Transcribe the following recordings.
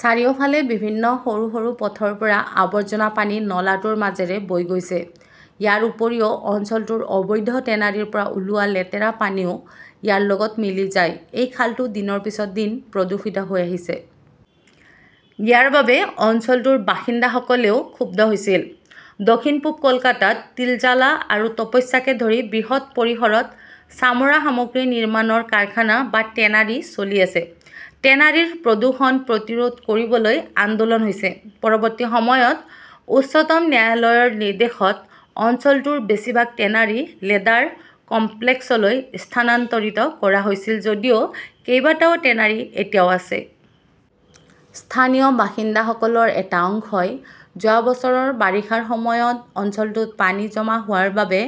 চাৰিওফালৰ বিভিন্ন সৰু - সৰু পথৰ পৰা আৱৰ্জনা পানী নলাটোৰ মাজেৰে বৈ গৈছে। ইয়াৰ উপৰিও অঞ্চলটোৰ অবৈধ টেনাৰীৰ পৰা ওলোৱা লেতেৰা পানীও ইয়াৰ লগত মিলি যায়। এই খালটো দিনৰ পিছত দিন প্ৰদূষিত হৈ আহিছে। ইয়াৰ বাবে অঞ্চলটোৰ বাসিন্দাসকলেও ক্ষুব্ধ হৈছিল। দক্ষিণ-পূব কলকাতাত তিলজালা আৰু তপস্যাকে ধৰি বৃহৎ পৰিসৰত চামৰা সামগ্ৰী নিৰ্মাণৰ কাৰখানা বা টেনাৰী চলি আছে। টেনাৰীৰ প্ৰদূষণ প্ৰতিৰোধ কৰিবলৈ আন্দোলন হৈছে। পৰৱৰ্তী সময়ত উচ্চতম ন্যায়ালয়ৰ নিৰ্দেশত অঞ্চলটোৰ বেছিভাগ টেনাৰী লেদাৰ কমপ্লেক্সলৈ স্থানান্তৰিত কৰা হৈছিল যদিও কেইবাটাও টেনাৰী এতিয়াও আছে। স্থানীয় বাসিন্দাসকলৰ এটা অংশই যোৱা বছৰৰ বাৰিষাৰ সময়ত অঞ্চলটোত পানী জমা হোৱাৰ বাবে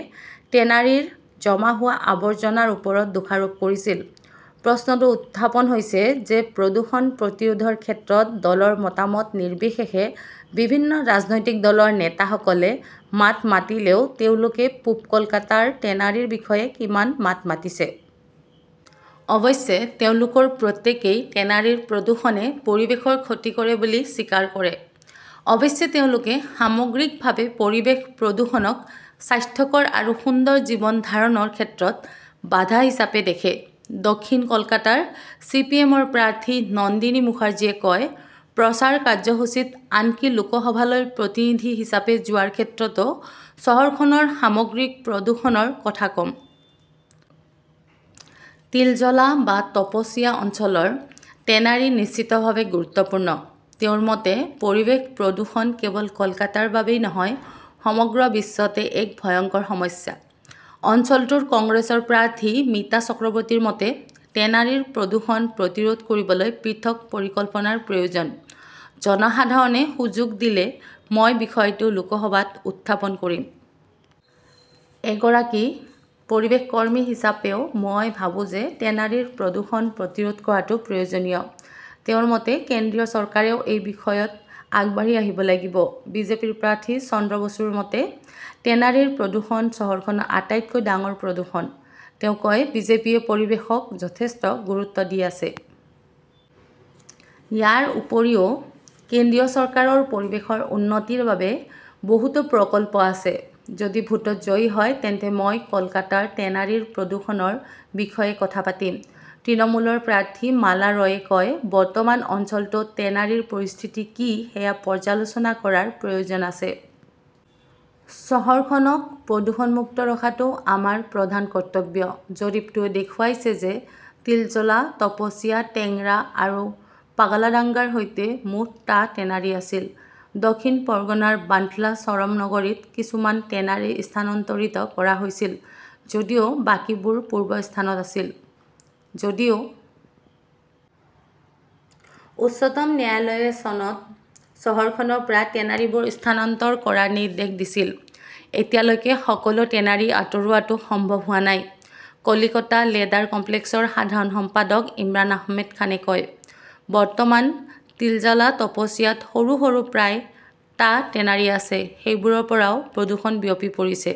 টেনাৰীৰ জমা হোৱা আৱৰ্জনাৰ ওপৰত দোষাৰোপ কৰিছিল। প্ৰশ্নটো উত্থাপন হৈছে যে প্ৰদূষণ প্ৰতিৰোধৰ ক্ষেত্ৰত দলৰ মতামত নিৰ্বিশেষে বিভিন্ন ৰাজনৈতিক দলৰ নেতাসকলে মাত মাতিলেও তেওঁলোকে পূব কলকাতাৰ টেনাৰীৰ বিষয়ে কিমান মাত মাতিছে? অৱশ্যে, তেওঁলোকৰ প্ৰত্যেকেই টেনাৰীৰ প্ৰদূষণে পৰিৱেশৰ ক্ষতি কৰে বুলি স্বীকাৰ কৰে। অৱশ্যে, তেওঁলোকে সামগ্ৰিকভাৱে পৰিৱেশ প্ৰদূষণক স্বাস্থ্যকৰ আৰু সুন্দৰ জীৱন ধাৰণৰ ক্ষেত্ৰত বাধা হিচাপে দেখে। দক্ষিণ কলকাতাৰ চি. পি. এম. ৰ প্ৰাৰ্থী নন্দিনী মুখাৰ্জীয়ে কয়, প্ৰচাৰ কাৰ্যসূচীত, আনকি লোকসভালৈ প্ৰতিনিধি হিচাপে যোৱাৰ ক্ষেত্ৰতো, চহৰখনৰ সামগ্ৰিক প্ৰদূষণৰ কথা কম। তিলজলা বা তপসিয়া অঞ্চলৰ টেনাৰী নিশ্চিতভাৱে গুৰুত্বপূৰ্ণ। তেওঁৰ মতে, পৰিৱেশ প্ৰদূষণ কেৱল কলকাতাৰ বাবেই নহয়, সমগ্ৰ বিশ্বতে এক ভয়ংকৰ সমস্যা। অঞ্চলটোৰ কংগ্ৰেছৰ প্ৰাৰ্থী মিতা চক্ৰৱৰ্তীৰ মতে, টেনাৰীৰ প্ৰদূষণ প্ৰতিৰোধ কৰিবলৈ পৃথক পৰিকল্পনাৰ প্ৰয়োজন। জনসাধাৰণে সুযোগ দিলে মই বিষয়টো লোকসভাত উত্থাপন কৰিম। এগৰাকী পৰিৱেশ কৰ্মী হিচাপেও মই ভাবো যে টেনাৰীৰ প্ৰদূষণ প্ৰতিৰোধ কৰাটো প্ৰয়োজনীয়। তেওঁৰ মতে, কেন্দ্ৰীয় চৰকাৰেও এই বিষয়ত আগবাঢ়ি আহিব লাগিব। বিজেপিৰ প্ৰাৰ্থী চন্দ্ৰ বসুৰ মতে, টেনাৰীৰ প্ৰদূষণ চহৰখনৰ আটাইতকৈ ডাঙৰ প্ৰদূষণ। তেওঁ কয়, বিজেপিয়ে পৰিৱেশক যথেষ্ট গুৰুত্ব দি আছে। ইয়াৰ উপৰিও, কেন্দ্ৰীয় চৰকাৰৰ পৰিৱেশৰ উন্নতিৰ বাবে বহুতো প্ৰকল্প আছে। যদি ভোটত জয়ী হয়, তেন্তে মই কলকাতাৰ টেনাৰীৰ প্ৰদূষণৰ বিষয়ে কথা পাতিম। তৃণমূলৰ প্ৰাৰ্থী মালা ৰয়ে কয়, বৰ্তমান অঞ্চলটোত টেনাৰীৰ পৰিস্থিতি কি সেয়া পৰ্যালোচনা কৰাৰ প্ৰয়োজন আছে। চহৰখনক প্ৰদূষণমুক্ত ৰখাটো আমাৰ প্ৰধান কৰ্তব্য। জৰীপটোৱে দেখুৱাইছে যে তিলজলা, তপসিয়া, টেংৰা আৰু পাগলাডাঙ্গাৰ সৈতে মুঠ টা টেনাৰী আছিল। দক্ষিণ পৰগনাৰ বান্টলা চৰমনগৰীত কিছুমান টেনাৰী স্থানান্তৰিত কৰা হৈছিল যদিও বাকীবোৰ পূৰ্বৰ স্থানত আছিল। যদিও উচ্চতম ন্যায়ালয়ে চনত চহৰখনৰ পৰা টেনাৰীবোৰ স্থানান্তৰ কৰাৰ নিৰ্দেশ দিছিল, এতিয়ালৈকে সকলো টেনাৰী আঁতৰোৱাটো সম্ভৱ হোৱা নাই, কলিকতা লেদাৰ কমপ্লেক্সৰ সাধাৰণ সম্পাদক ইমৰান আহমেদ খানে কয়। বৰ্তমান তিলজালা-তপছিয়াত সৰু - সৰু প্ৰায় টা টেনাৰী আছে। সেইবোৰৰ পৰাও প্ৰদূষণ বিয়পি পৰিছে।